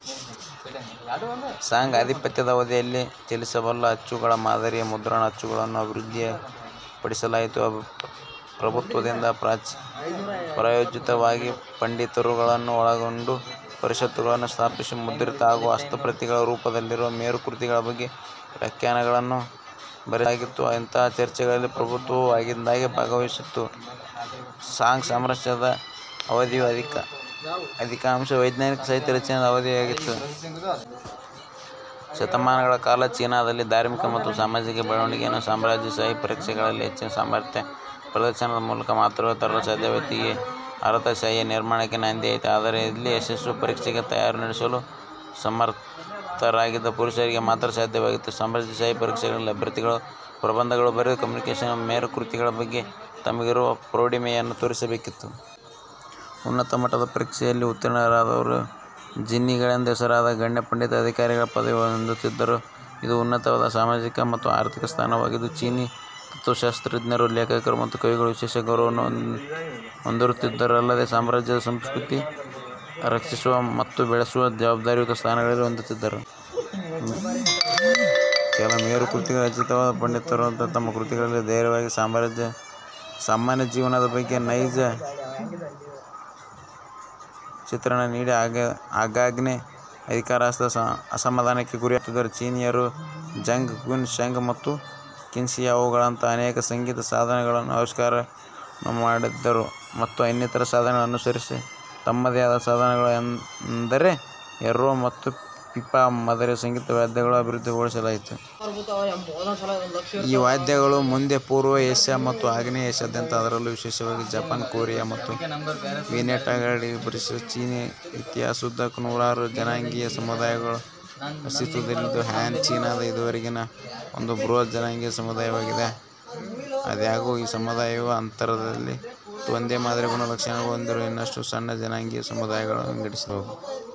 Song ಅಧಿಪತ್ಯ ದ ಅವಧಿಯಲ್ಲಿ ಚಲಿಸಬಲ್ಲ ಅಚ್ಚುಗಳ ಮಾದರಿಯ ಮುದ್ರಣ ಅಚ್ಚು ಗಳನ್ನು ಅಭಿವೃದ್ಧಿಪಡಿಸಲಾಯಿತು. ಪ್ರಭುತ್ವದಿಂದ ಪ್ರಾಯೋಜಿತವಾಗಿ ಪಂಡಿತರುಗಳನ್ನು ಒಳಗೊಂಡ ಪರಿಷತ್ತುಗಳನ್ನು ಸ್ಥಾಪಿಸಿ, ಮುದ್ರಿತ ಹಾಗೂ ಹಸ್ತಪ್ರತಿಗಳ ರೂಪದಲ್ಲಿರುವ ಮೇರುಕೃತಿಗಳ ಬಗ್ಗೆ ವ್ಯಾಖ್ಯಾನಗಳನ್ನು ಬರೆಸಲಾಗುತ್ತಿತ್ತು. ಇಂತಹಾ ಚರ್ಚೆಗಳಲ್ಲಿ ಪ್ರಭುತ್ವವೂ ಆಗಿಂದ್ದಾಗ್ಗೆ ಭಾಗವಹಿಸುತ್ತಿತ್ತು. ಸಾಂಗ್ ಸಾಮ್ರಾಜ್ಯದ ಅವಧಿಯು ಅಧಿಕಾಂಶ ವೈಜ್ಞಾನಿಕ ಸಾಹಿತ್ಯ ರಚನೆಯಾದ ಅವಧಿಯೂ ಆಗಿತ್ತು. ಶತಮಾನಗಳ ಕಾಲ ಚೀನಾದಲ್ಲಿ ಧಾರ್ಮಿಕ ಮತ್ತು ಸಾಮಾಜಿಕ ಬೆಳವಣಿಗೆಗಳನ್ನು ಸಾಮ್ರಾಜ್ಯಶಾಹಿ ಪರೀಕ್ಷೆಗಳಲ್ಲಿ ಹೆಚ್ಚಿನ ಸಾಮರ್ಥ್ಯ ಪ್ರದರ್ಶನದ ಮೂಲಕ ಮಾತ್ರವೇ ತರಲು ಸಾಧ್ಯವಿತ್ತು. ಇದು ಅರ್ಹತಾಶಾಹಿಯ ನಿರ್ಮಾಣಕ್ಕೆ ನಾಂದಿಯಾಯಿತು. ಆದರೆ ಇಲ್ಲಿ ಯಶಸ್ಸು ಪರೀಕ್ಷೆಗೆ ತಯಾರಿ ನಡೆಸಲು ಸಮರ್ಥರಾಗಿದ್ದ ಪುರುಷರಿಗೆ ಮಾತ್ರ ಸಾಧ್ಯವಿತ್ತು. ಸಾಮ್ರಾಜ್ಯಶಾಹಿ ಪರೀಕ್ಷೆಗಳಲ್ಲಿ ಅಭ್ಯರ್ಥಿಗಳು ಪ್ರಬಂಧಗಳನ್ನು ಬರೆದು ಕನ್ಫ್ಯೂಷಿಯಸ್ ಮೇರುಕೃತಿಗಳ ಬಗ್ಗೆ ತಮಗಿರುವ ಪ್ರೌಢಿಮೆಯನ್ನು ತೋರಿಸಬೇಕಿತ್ತು. ಉನ್ನತ ಮಟ್ಟದ ಪರೀಕ್ಷೆಯಲ್ಲಿ ಉತ್ತೀರ್ಣರಾದವರು ಜಿನ್ಷಿ ಗಳೆಂದು ಹೆಸರಾದ ಗಣ್ಯ ಪಂಡಿತ-ಅಧಿಕಾರಿಗಳ ಪದವಿ ಹೊಂದಿರುತ್ತಿದ್ದರು. ಇದು ಉನ್ನತವಾದ ಸಾಮಾಜಿಕ ಮತ್ತು ಆರ್ಥಿಕ ಸ್ಥಾನವಾಗಿತ್ತು. ಚೀನೀ ತತ್ವಶಾಸ್ತ್ರಜ್ಞರು, ಲೇಖಕರು ಮತ್ತು ಕವಿಗಳು ವಿಶೇಷ ಗೌರವವನ್ನು ಹೊಂದಿರುತ್ತಿದ್ದುದಲ್ಲದೇ, ಸಾಮ್ರಾಜ್ಯದ ಸಂಸ್ಕೃತಿಯನ್ನು ರಕ್ಷಿಸುವ ಮತ್ತು ಬೆಳೆಸುವ ಜವಾಬ್ದಾರಿಯುತ ಸ್ಥಾನಗಳನ್ನು ಹೊಂದಿರುತ್ತಿದ್ದರು. ಕೆಲ ಮೇರುಕೃತಿಗಳನ್ನು ರಚಿಸಿದ ಪಂಡಿತೋತ್ತಮರು, ತಮ್ಮ ಕೃತಿಗಳಲ್ಲಿ ಧೈರ್ಯವಾಗಿ ಸಾಮಾನ್ಯ ಜನಜೀವನದ ಬಗ್ಗೆ ನೈಜ ಚಿತ್ರಣ ನೀಡಿ, ಆಗ್ಗಾಗ್ಗೆ ಅಧಿಕಾರಸ್ಥರ ಅಸಮಾಧಾನಕ್ಕೆ ಗುರಿಯಾಗುತ್ತಿದ್ದರು. ಚೀನೀಯರು ಝೆಂಗ್, ಕ್ವಿನ್, ಷೆಂಗ್, ಮತ್ತು ಕ್ಸಿಯಾವೋ ಗಳಂತಹಾ ಅನೇಕ ಸಂಗೀತ ಸಾಧನ ಗಳನ್ನು ಆವಿಷ್ಕಾರಗಳನ್ನು ಮಾಡಿದ್ದರು, ಮತ್ತು ಇನ್ನಿತರ ಸಾಧನಗಳನ್ನು ಅನುಸರಿಸಿ ತಮ್ಮದೇ ಆದ ಸಾಧನಗಳನ್ನು, ಅಂದರೆ ಎರ್ಹೂ ಮತ್ತು ಪಿಪಾ ಮದರಿಯ ಸಂಗೀತ ವಾದ್ಯಗಳನ್ನು ಅಭಿವೃದ್ಧಿಗೊಳಿಸಿದರು. ಈ ವಾದ್ಯಗಳು ಮುಂದೆ ಪೂರ್ವ ಏಷ್ಯಾ ಮತ್ತು ಆಗ್ನೇಯ ಏಷ್ಯಾದಾದ್ಯಂತ, ಅದರಲ್ಲೂ ವಿಶೇಷವಾಗಿ ಜಪಾನ್, ಕೊರಿಯಾ, ಮತ್ತು ವಿಯೆಟ್ನಾಂಗಳೆಡೆಗೆ ಪಸರಿಸಿದವು. ಚೀನೀ ಇತಿಹಾಸದುದ್ದಕ್ಕೂ ನೂರಾರು ಜನಾಂಗೀಯ ಸಮುದಾಯ ಗಳು ಅಸ್ತಿತ್ವದಲ್ಲಿದ್ದವು. ಹ್ಯಾನ್ ಚೀನಾದ ಇದುವರೆಗಿನ ಒಂದು ಬೃಹತ್ ಜನಾಂಗೀಯ ಸಮುದಾಯವಾಗಿದೆ. ಆದಾಗ್ಯೂ ಈ ಸಮುದಾಯವು ಅಂತರ್ಯದಲ್ಲಿ ಮತ್ತು ಒಂದೇ ಮಾದರಿಯ ಗುಣ-ಲಕ್ಷಣಗಳನ್ನು ಹೊಂದಿರುವ ಇನ್ನಷ್ಟು ಸಣ್ಣ ಜನಾಂಗೀಯ ಸಮುದಾಯಗಳಾಗಿ ವಿಂಗಡಿಸಬಹುದು.